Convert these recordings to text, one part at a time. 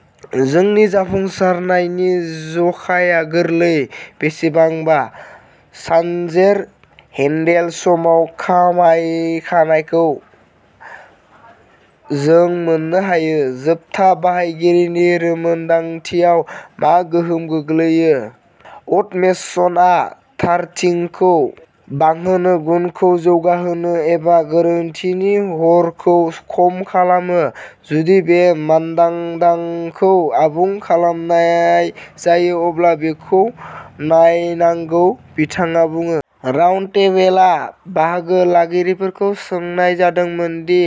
" जोंनि जाफुंसारनायनि जखाया गोरलै; बेसेबांबा। सानजेर हेन्डेल समाव खमायनायखौ जों मोन्नो हायो, जोबथा बाहायगिरिनि रोंमोन्दांथियाव मा गोहोम गोग्लैयो, अट'मेसनआ थारथिखौ बांहोयो, गुनखौ जौगाहोनो एबा गोरोन्थिनि हारखौ खम खालामो। जुदि बे मानदांन्दाखौ आबुं खालामनाय जायो, अब्ला बेखौ नायनांगौ ", बिथाङा बुङो। राउन्डटेबेलआव बाहागो लागिरिफोरखौ सोंनाय जादोंमोन दि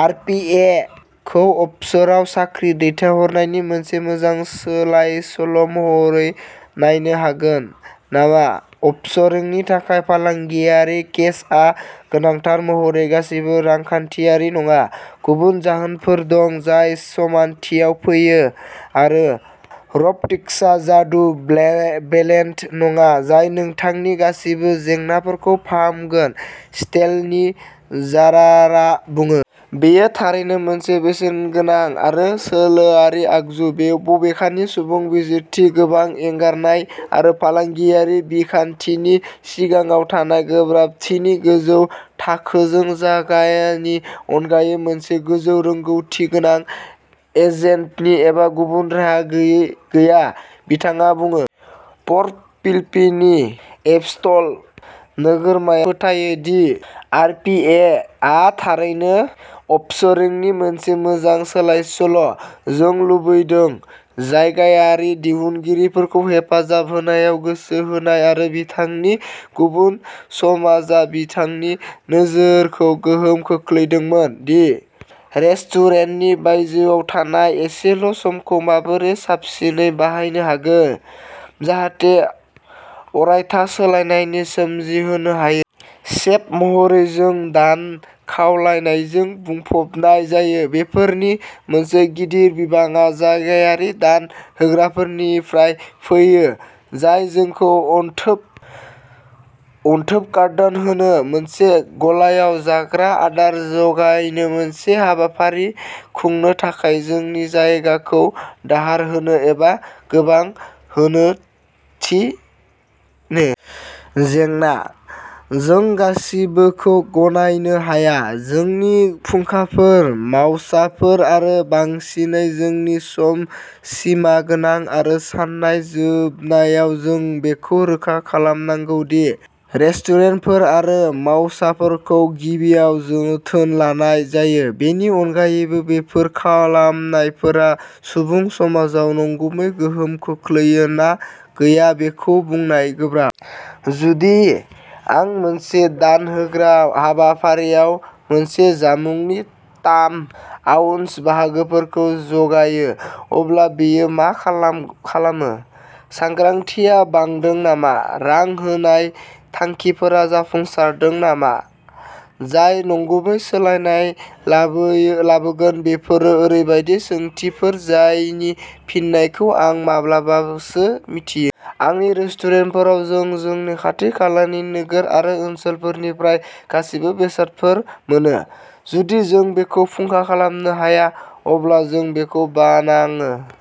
आर. पि. ए. खौ अफशोराव साख्रि दैथायहरनायनि मोनसे मोजां सोलायसोल'महरै नायनो हागोन नामा। अफशोरिंनि थाखाय फालांगियारि केसआ गोनांथार महरै गासैबो रांखान्थियारि नङा; गुबुन जाहोनफोर दं जाय समानथियाव फैयो आरो रब'टिक्सआ जादु बुलेट नङा जाय नोंथांनि गासैबो जेंनाफोरखौ फाहामगोन, स्टेलानि जारारआ बुङो। " बेयो थारैनो मोनसे बेसेनगोनां आरो सोलोआरि आगजु, बबेखानि, सुबुं बिजिरथि, गोबां एंगारनाय आरो फालांगियारि बिखान्थिनि सिङाव थानाय गोब्राबथिनि गोजौ थाखोजों, जायगानि अनगायै मोनसे गोजौ रोंग'थि गोनां एजेन्टनि जेबो गुबुन राहा गैया ", बिथाङा बुङो। पर्ट फिलिपनि एप'स्ट'ल नोगोरमाया फोथायो दि आर. पि. ए. आ'थारैनो'अफशोरिंनि मोनसे मोजां सोलायसोल'। " जों लुबैदों। जायगायारि दिहुनगिरिफोरखौ हेफाजाब होनायाव गोसो होनाय आरो बिथांनि सुबुं समाजआ बिथांनि नोजोरखौ गोहोम खोख्लैदोंमोन दि रेस्तुरेन्तनि बायजोआव थानाय एसेल'समखौ माबोरै साबसिनै बाहायनो हायो जाहाथे अरायथा सोलायनाय सोमजिहोनो हायो। सेफ महरै, जों दान खावलायनायजों बुंफबनाय जायो। बेफोरनि मोनसे गिदिर बिबांआ जायगायारि दान होग्राफोरनिफ्राय फैयो, जाय जोंखौ अनथोब कार्ड दान होनो, मोनसे गालाआव जाग्रा आदार जगायनो, मोनसे हाबाफारि खुंनो थाखाय जोंनि जायगाखौ दाहार होनो एबा गोबां होनो थिनो। जेंनाः जों गासिबोखौ गनायनो हाया। जोंनि फुंखाफोर, मावसाफोर, आरो बांसिनै, जोंनि सम, सिमा गोनां, आरो साननि जोबनायाव जों बेखौ रोखा खालामनांगौ दि रेस्तुरेन्तफोर आरो मावसाफोरखौ गिबियाव जोथोन लानाय जायो। बेनि अनगायैबो, बेफोर खावलायनायफोरा सुबुं समाजाव नंगुबै गोहोम खोख्लैयो ना गैया बेखौ बुंनाया गोब्राब। जुदि आं मोनसे दान होग्रा हाबाफारिआव मोनसे जामुंनि थाम-आउन्स बाहागोफोरखौ जगायो, अब्ला बेयो मा खालामो? सांग्रांथिया बांदों नामा? रां होनाय थांखिफोरा जाफुंसारदों नामा जाय नंगुबै सोलायनाय लाबोगोन? बेफोर ओरैबायदि सोंथिफोर जायनि फिननायखौ आं माब्लाबासो मिथियो। आंनि रेस्टुरेन्टफोराव, जों जोंनि खाथि-खालानि नोगोर आरो ओनसोलनिफ्राय गासैबो बेसादफोर मोनोः जुदि जों बेखौ फुंखा खालामनो हाया, अब्ला जों बेखौ बानायो।